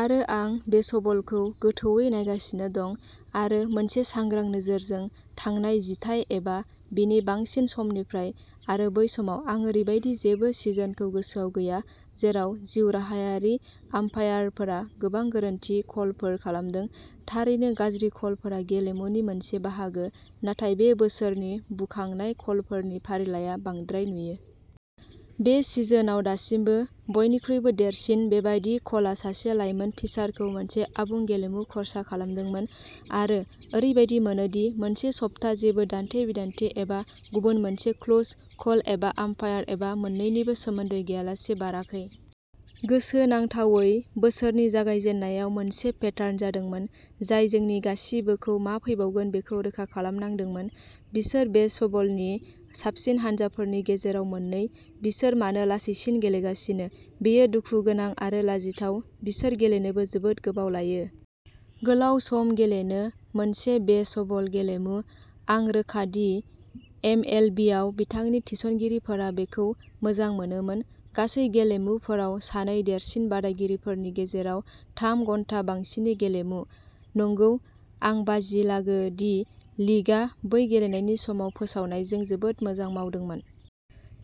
आरो आं बेसबलखौ गोथौवै नायगासिनो दं-आरो मोनसे सांग्रां नोजोरजों-थांनाय जिथाइ एबा बिनि बांसिन समनिफ्राय। आरो बै समाव, आं ओरैबायदि जेबो सिजनखौ गोसोआव गैया जेराव जिउराहायारि आम्पायारफोरा गोबां गोरोन्थि कलफोर खालामदों। थारैनो, गाज्रि कलफोरा गेलेमुनि मोनसे बाहागो नाथाय बे बोसोरनि बुखांनाय कलफोरनि फारिलाइआ बांद्राय नुयो। बे सिजनआव दासिमनि बयनिख्रुइबो देरसिन बेबादि कलआ सासे लाइमोन पिचारखौ मोनसे आबुं गेलेमु खर्सा खालामदोंमोन, आरो ओरैबायदि मोनो दि मोनसे सप्ता जेबो दान्थे-बिदान्थे एबा गुबुन मोनसे क्लोज कल, एबा आम्पायार, एबा मोन्नैनिबो सोमोन्दै गैयालासे बाराखै। गोसोनांथावै, बोसोरनि जागायजेन्नायाव मोनसे पेटार्न जादोंमोन जाय जोंनि गासिबोखौ मा फैबावगोन बेखौ रोखा खालामनांदोंमोन। "बिसोर बेसबलनि साबसिन हानजाफोरनि गेजेराव मोननै। बिसोर मानो लासैसिन गेलेगासिनो?... बेयो दुखुगोनां आरो लाजिथाव। बिसोर गेलेनोबो जोबोद गोबाव लायो।" गोलाव सम गेलेनो? मोनसे बेसबल गेलेमु? आं रोखा दि एमएलबियाव बिथांनि थिसनगिरिफोरा बेखौ मोजां मोनोमोन। गासै गेलेमुफोराव सानै देरसिन बादायगिरिफोरनि गेजेराव थाम-घन्टा बांसिननि गेलेमु? नंगौ, आं बाजि लागो दि लीगआ बै गेलेनायनि समाव फोसावनायजों जोबोद मोजां मावदोंमोन।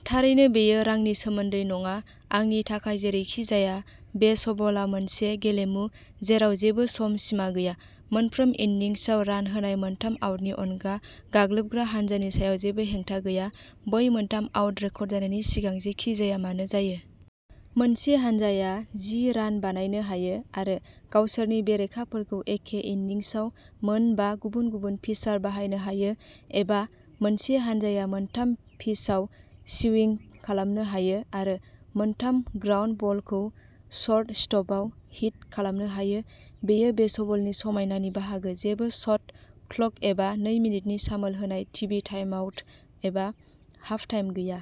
थारैनो, बेयो रांनि सोमोन्दै नङा-- आंनि थाखाय, जेरैखिजाया। बेसबलआ मोनसे गेलेमु जेराव जेबो सम सिमा गैया; मोनफ्रोम इन्निंसआव रान होनाय मोनथाम आउटनि अनगा गाग्लोबग्रा हानजानि सायाव जेबो हेंथा गैया। बै मोनथाम आउट रेकर्ड जानायनि सिगां, जेखि जाया मानो जायो। मोनसे हानजाया जि रान बानायनो हायो आरो गावसोरनि बेरेखाफोरखौ एखे इन्निंसआव मोन बा गुबुन-गुबुन पिचार बाहायनो हायो। एबा मोनसे हानजाया मोनथाम पिचआव स्विंग खालामनो हायो आरो मोनथाम ग्राउन्डबलखौ सर्टस्टपआव हिट खालामनो हायो। बेयो बेसबलनि समायनानि बाहागो-- जेबो शट क्लक एबा नै मिनिटनि सामोल होनाय, टिभि टाइमआउट एबा हाफटाइम गैया।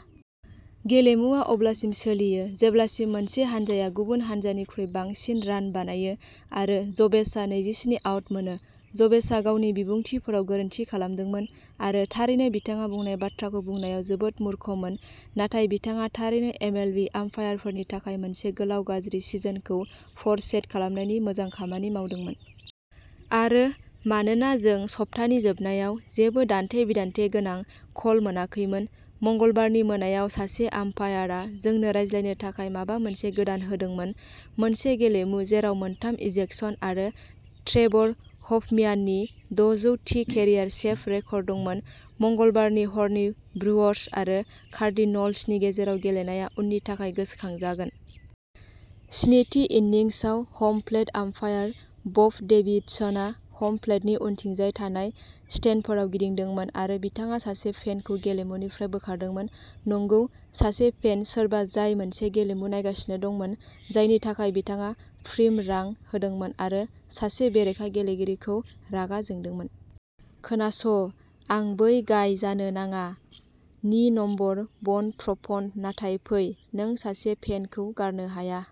गेलेमुआ अब्लासिम सोलियो जेब्लासिम मोनसे हानजाया गुबुन हानजानिख्रुइ बांसिन रान बानायो, आरो ज'वेस्टआ नैजि स्नि आउट मोनो। ज'वेस्टआ गावनि बिबुंथिफोराव गोरोन्थि खालामदोंमोन, आरो, थारैनो, बिथाङा बुंनाय बाथ्राखौ बुंनायाव जोबोद मूर्खमोन। नाथाय बिथाङा थारैनो एमएलबि आम्पायारफोरनि थाखाय मोनसे गोलाव, गाज्रि सिजनखौ फोरशेड खालामनायनि मोजां खामानि मावदोंमोन। आरो, मानोना जों सप्तानि जोबनायाव जेबो दान्थे-बिदान्थे गोनां कल मोनाखैमोन, मंगलबारनि मोनायाव सासे आम्पायारआ जोंनो रायज्लायनो थाखाय माबा मोनसे गोदान होदोंमोन। मोनसे गेलेमु जेराव मोनथाम इजेक्शन आरो ट्रेवर हफम्याननि दजौथि केरियार सेभ रेकर्ड दंमोन, मंगलबारनि हरनि ब्रुअर्स आरो कार्डिनल्सनि गेजेराव गेलेनाया उननि थाखाय गोसोखांजागोन। स्निथि इन्निंसआव, ह'म प्लेट आम्पायार बब डेभिडसनआ हम प्लेटनि उनथिंजाय थानाय स्टेन्डफोराव गिदिंदोंमोन... आरो बिथाङा सासे फेनखौ गेलेमुनिफ्राय बोखारदोंमोन। नंगौ। सासे फेन। सोरबा जाय मोनसे गेलेमु नायगासिनो दंमोन जायनि थाखाय बिथाङा प्रिम'रां होदोंमोन, आरो सासे बेरेखा गेलेगिरिखौ रागा जोंदोंमोन। खोनास, आं "बै गाइ जानो नाङा" नि नम्बर वन प्रप'न्ट, नाथाय फै। नों सासे फेनखौ गारनो हाया।